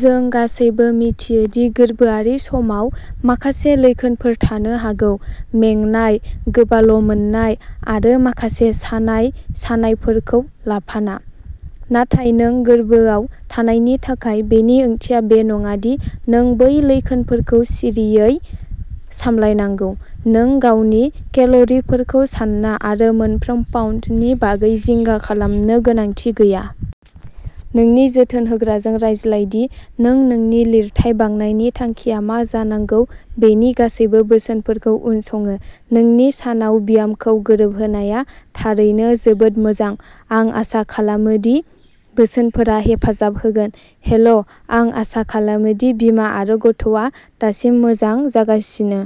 जों गासैबो मिथियो दि गोर्बोआरि समाव माखासे लैखोनफोर थानो हागौ। मेंनाय, गोबाल'मोननाय, आरो माखासे सानाय-सानायफोरखौ लाफाना। नाथाय नों गोर्बोआव थानायनि थाखाय, बेनि ओंथिया बे नङा दि नों बै लैखोनफोरखौ सिरिङै सामलायनांगौ। नों गावनि केल'रिफोरखौ सान्ना आरो मोनफ्रोम पाउन्दनि बागै जिंगा खालामनो गोनांथि गैया। नोंनि जोथोन होग्राजों रायज्लाय दि नों नोंनि लिरथाय बांनायनि थांखिआ मा जानांगौ बेनि गासैबो बोसोनफोरखौ उनसङो। नोंनि सानाव ब्यामखौ गोरोबहोनाया थारैनो जोबोद मोजां। आं आसा खालामो दि बोसोनफोरा हेफाजाब होगोन। हेलो! आं आसा खालामो दि बिमा आरो गथ'आ दासिम मोजां जागासिनो!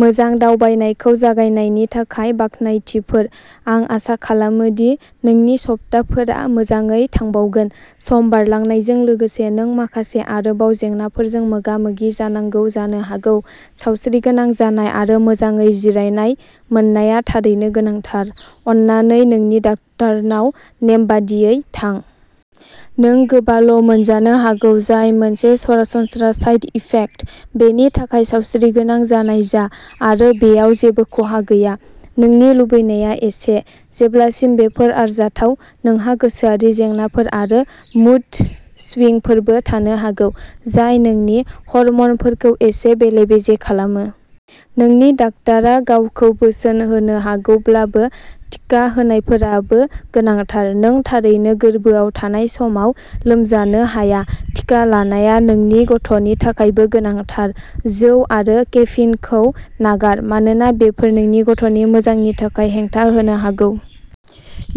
मोजां दावबायनायखौ जागायनायनि थाखाय बाख्नायथिफोर। आं आसा खालामो दि नोंनि सप्ताफोरा मोजाङै थांबावगोन। सम बारलांनायजों लोगोसे नों माखासे आरोबाव जेंनाफोरजों मोगा-मोगि जानांगौ जानो हागौ। सावस्रिगोनां जानाय आरो मोजाङै जिरायनाय मोननाया थारैनो गोनांथार। अन्नानै नोंनि डाक्टारनाव नेमबादियै थां। नों गोबाल'मोनजानो हागौ जाय मोनसे सरासनस्रा साइड इफेक्ट, बेनि थाखाय सावस्रिगोनां जानाय जा आरो बेयाव जेबो खहा गैया। नोंनि लुबैनाया एसे। जेब्लासिम बेफोर आरजाथाव। नोंहा गोसोआरि जेंनाफोर आरो मुड स्विंगफोरबो थानो हागौ, जाय नोंनि हर्मोनफोरखौ एसे बेले-बेजे खालामो। नोंनि डाक्टारा गावखौ बोसोन होनो हागौब्लाबो, टिका होनायफोराबो गोनांथार। नों थारैनो गोर्बोआव थानाय समाव लोमजानो हाया। टिका लानाया नोंनि गथ'नि थाखायबो गोनांथार। जौ आरो केफिनखौ नागार मानोना बेफोर नोंनि गथ'नि मोजांनि थाखाय हेंथा होनो हागौ।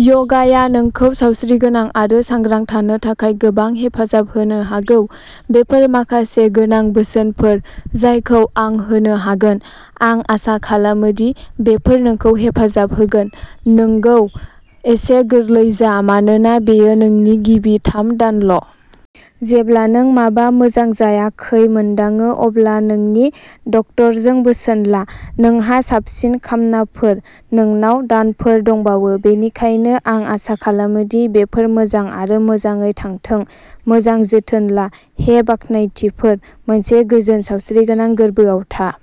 य'गाया नोंखौ सावस्रिगोनां आरो सांग्रां थानो थाखाय गोबां हेफाजाब होनो हागौ। बेफोर माखासे गोनां बोसोनफोर जायखौ आं होनो हागोन। आं आसा खालामो दि बेफोर नोंखौ हेफाजाब होगोन। नोंगाव एसे गोरलै जा मानोना बेयो नोंनि गिबि थाम-दानल'। जेब्ला नों माबा मोजां जायाखै मोनदाङो अब्ला नोंनि डक्ट'रजों बोसोन ला। नोंहा साबसिन कामनाफोर। नोंनाव दानफोर दंबावो, बेनिखायनो आं आसा खालामो दि बेफोर मोजां आरो मोजाङै थांथों। मोजां जोथोन ला! हे, बाख्नायथिफोर!!! मोनसे गोजोन सावस्रिगोनां गोर्बोआव था।